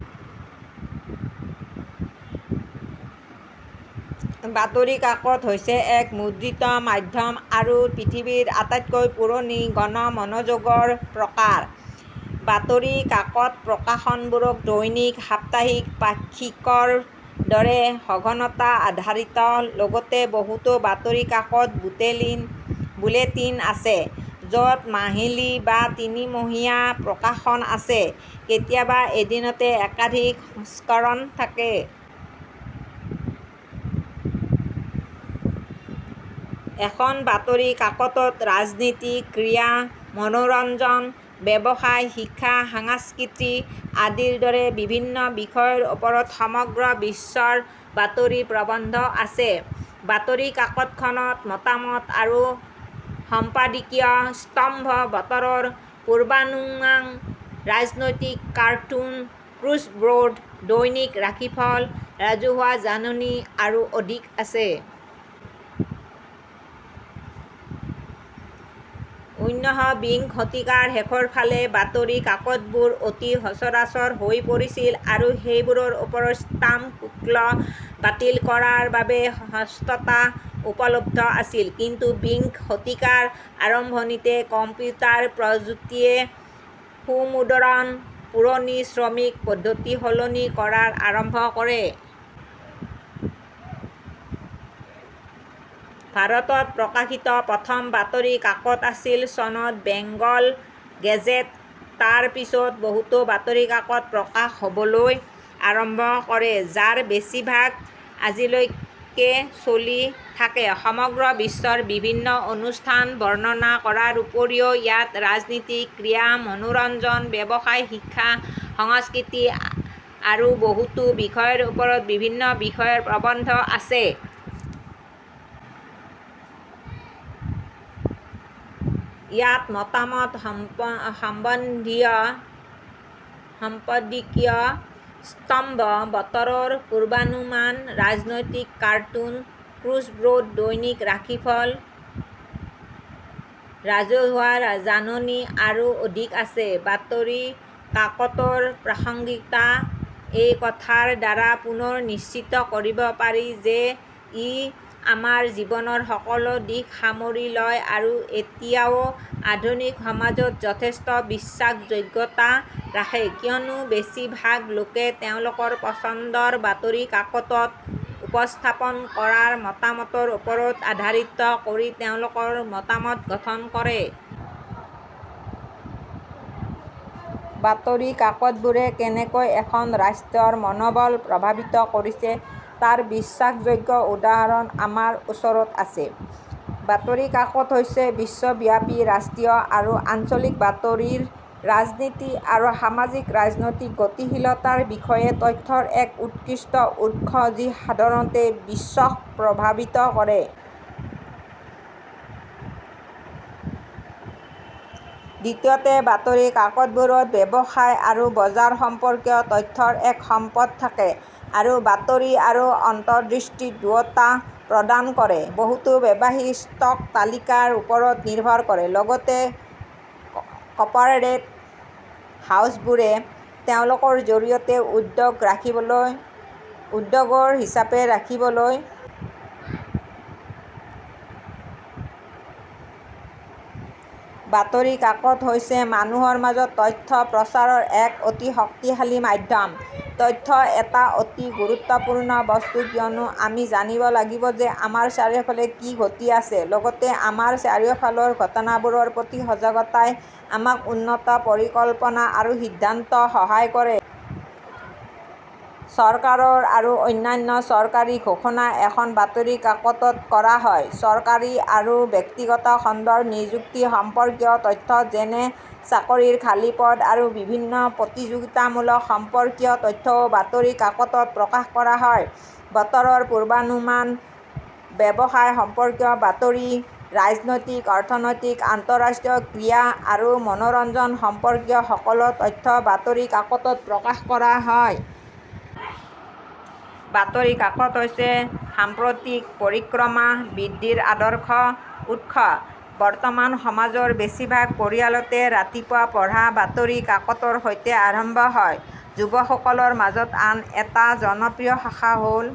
বাতৰি কাকত হৈছে এক মুদ্ৰিত মাধ্যম আৰু পৃথিৱীৰ আটাইতকৈ পুৰণি গণ যোগাযোগৰ প্ৰকাৰ। বাতৰি কাকতপ্ৰকাশনবোৰ দৈনিক, সাপ্তাহিক, পাক্ষিকৰ দৰে সঘনতা-আধাৰিত। লগতে, বহুতো বাতৰি কাকত বুলেটিন আছে য'ত মাহিলী বা তিনিমহীয়া প্ৰকাশন আছে। কেতিয়াবা এদিনত একাধিক সংস্কৰণ থাকে। এখন বাতৰি কাকতত ৰাজনীতি, ক্ৰীড়া, মনোৰঞ্জন, ব্যৱসায়, শিক্ষা, সংস্কৃতি আদিৰ দৰে বিভিন্ন বিষয়ৰ ওপৰত সমগ্ৰ বিশ্বৰ বাতৰি প্ৰৱন্ধ আছে। বাতৰি কাকতখনত মতামত আৰু সম্পাদকীয় স্তম্ভ, বতৰৰ পূৰ্বানুমান, ৰাজনৈতিক কাৰ্টুন, ক্ৰছৱৰ্ড, দৈনিক ৰাশিফল, ৰাজহুৱা জাননী আৰু অধিক আছে। উনবিংশ শতিকাৰ শেষৰ ফালে, বাতৰি কাকতবোৰ অতি সচৰাচৰ হৈ পৰিছিল আৰু সেইবোৰৰ ওপৰত ষ্টাম্প শুল্ক বাতিল কৰাৰ বাবে সস্তাত উপলব্ধ আছিল। কিন্তু, বিংশ শতিকাৰ আৰম্ভণিতে, কম্পিউটাৰ প্ৰযুক্তিয়ে মুদ্ৰণৰ পুৰণি শ্ৰমিক পদ্ধতিসলনি কৰা আৰম্ভ কৰে। ভাৰতত প্ৰকাশিত প্ৰথম বাতৰি কাকতআছিল চনত বেংগল গেজেট। তাৰ পিছত বহুতো বাতৰি কাকত প্ৰকাশ হ'বলৈ আৰম্ভ কৰে, যাৰ বেছিভাগ আজিলৈকে চলি থাকে। সমগ্ৰ বিশ্বৰ বিভিন্ন অনুষ্ঠান বৰ্ণনা কৰাৰ উপৰিও, ইয়াত ৰাজনীতি, ক্ৰীড়া, মনোৰঞ্জন, ব্যৱসায়, শিক্ষা, সংস্কৃতি আৰু বহুতো বিষয়ৰ ওপৰত বিভিন্ন বিষয়ৰ প্ৰবন্ধ আছে। ইয়াত মতামত, সম্পাদকীয় স্তম্ভ, বতৰৰ পূৰ্বানুমান, ৰাজনৈতিক কাৰ্টুন, ক্ৰছৱৰ্ড, দৈনিক ৰাশিফল, ৰাজহুৱা জাননী আৰু অধিক আছে। বাতৰি কাকতৰ প্ৰাসংগিকতা এই কথাৰ দ্বাৰা পুনৰ নিশ্চিত কৰিব পাৰি যে ই আমাৰ জীৱনৰ সকলো দিশ সামৰি লয় আৰু এতিয়াও আধুনিক সমাজত যথেষ্ট বিশ্বাসযোগ্যতা ৰাখে, কিয়নো বেছিভাগ লোকে তেওঁলোকৰ পচন্দৰ বাতৰি কাকতত উপস্থাপন কৰা মতামতৰ ওপৰত আধাৰিত কৰি তেওঁলোকৰ মতামত গঠন কৰে। বাতৰি কাকতবোৰে কেনেকৈ এখন ৰাষ্ট্ৰৰ মনোবলক প্ৰভাৱিত কৰিছে তাৰ বিশ্বাসযোগ্য উদাহৰণ আমাৰ ওচৰত আছে। বাতৰি কাকত হৈছে বিশ্বব্যাপী, ৰাষ্ট্ৰীয় আৰু আঞ্চলিক বাতৰিৰ ৰাজনীতি আৰু সামাজিক-ৰাজনৈতিক গতিশীলতাৰ বিষয়ে তথ্যৰ এক উৎকৃষ্ট উৎস যি সাধাৰণতে বিশ্বক প্ৰভাৱিত কৰে। দ্বিতীয়তে, বাতৰি কাকতবোৰত ব্যৱসায় আৰু বজাৰ সম্পৰ্কীয় তথ্যৰ এক সম্পদ থাকে আৰু বাতৰি আৰু অন্তৰ্দৃষ্টি দুয়োটা প্ৰদান কৰে, বহুতো ব্যৱসায়ী ষ্টক তালিকাৰ ওপৰত নিৰ্ভৰ কৰে, লগতে কৰ্পোৰেট হাউচবোৰে তেওঁলোকৰ জৰিয়তে উদ্যোগৰ হিচাপ ৰাখিবলৈ। বাতৰি কাকত হৈছে মানুহৰ মাজত তথ্য প্ৰচাৰৰ এক অতি শক্তিশালী মাধ্যম। তথ্য এটা অতি গুৰুত্বপূৰ্ণ বস্তু কিয়নো আমি জানিব লাগিব যে আমাৰ চাৰিওফালে কি ঘটি আছে। লগতে, আমাৰ চাৰিওফালৰ ঘটনাবোৰৰ প্ৰতি সজাগতাই আমাক উন্নত পৰিকল্পনা আৰু সিদ্ধান্তত সহায় কৰে। চৰকাৰ আৰু অন্যান্য চৰকাৰী ঘোষণা এখন বাতৰি কাকতত কৰা হয়। চৰকাৰী আৰু ব্যক্তিগত খণ্ডৰ নিযুক্তি সম্পৰ্কীয় তথ্য যেনে চাকৰিৰ খালী পদ আৰু বিভিন্ন প্ৰতিযোগিতামূলক সম্পৰ্কীয় তথ্যও বাতৰি কাকতত প্ৰকাশ কৰা হয়। বতৰৰ পূৰ্বানুমান, ব্যৱসায় সম্পৰ্কীয় বাতৰি, ৰাজনৈতিক, অৰ্থনৈতিক, আন্তঃৰাষ্ট্ৰীয়, ক্ৰীড়া আৰু মনোৰঞ্জন সম্পৰ্কীয় সকলো তথ্য বাতৰি কাকতত প্ৰকাশ কৰা হয়। বাতৰি কাকত হৈছে সাম্প্ৰতিক পৰিক্ৰমা বৃদ্ধিৰ আদৰ্শ উৎস। বৰ্তমান সমাজৰ বেছিভাগ পৰিয়ালতে, ৰাতিপুৱা পঢ়া বাতৰি কাকতৰ সৈতে আৰম্ভ হয়। যুৱকসকলৰ মাজত আন এটা জনপ্ৰিয় শাখা হ'ল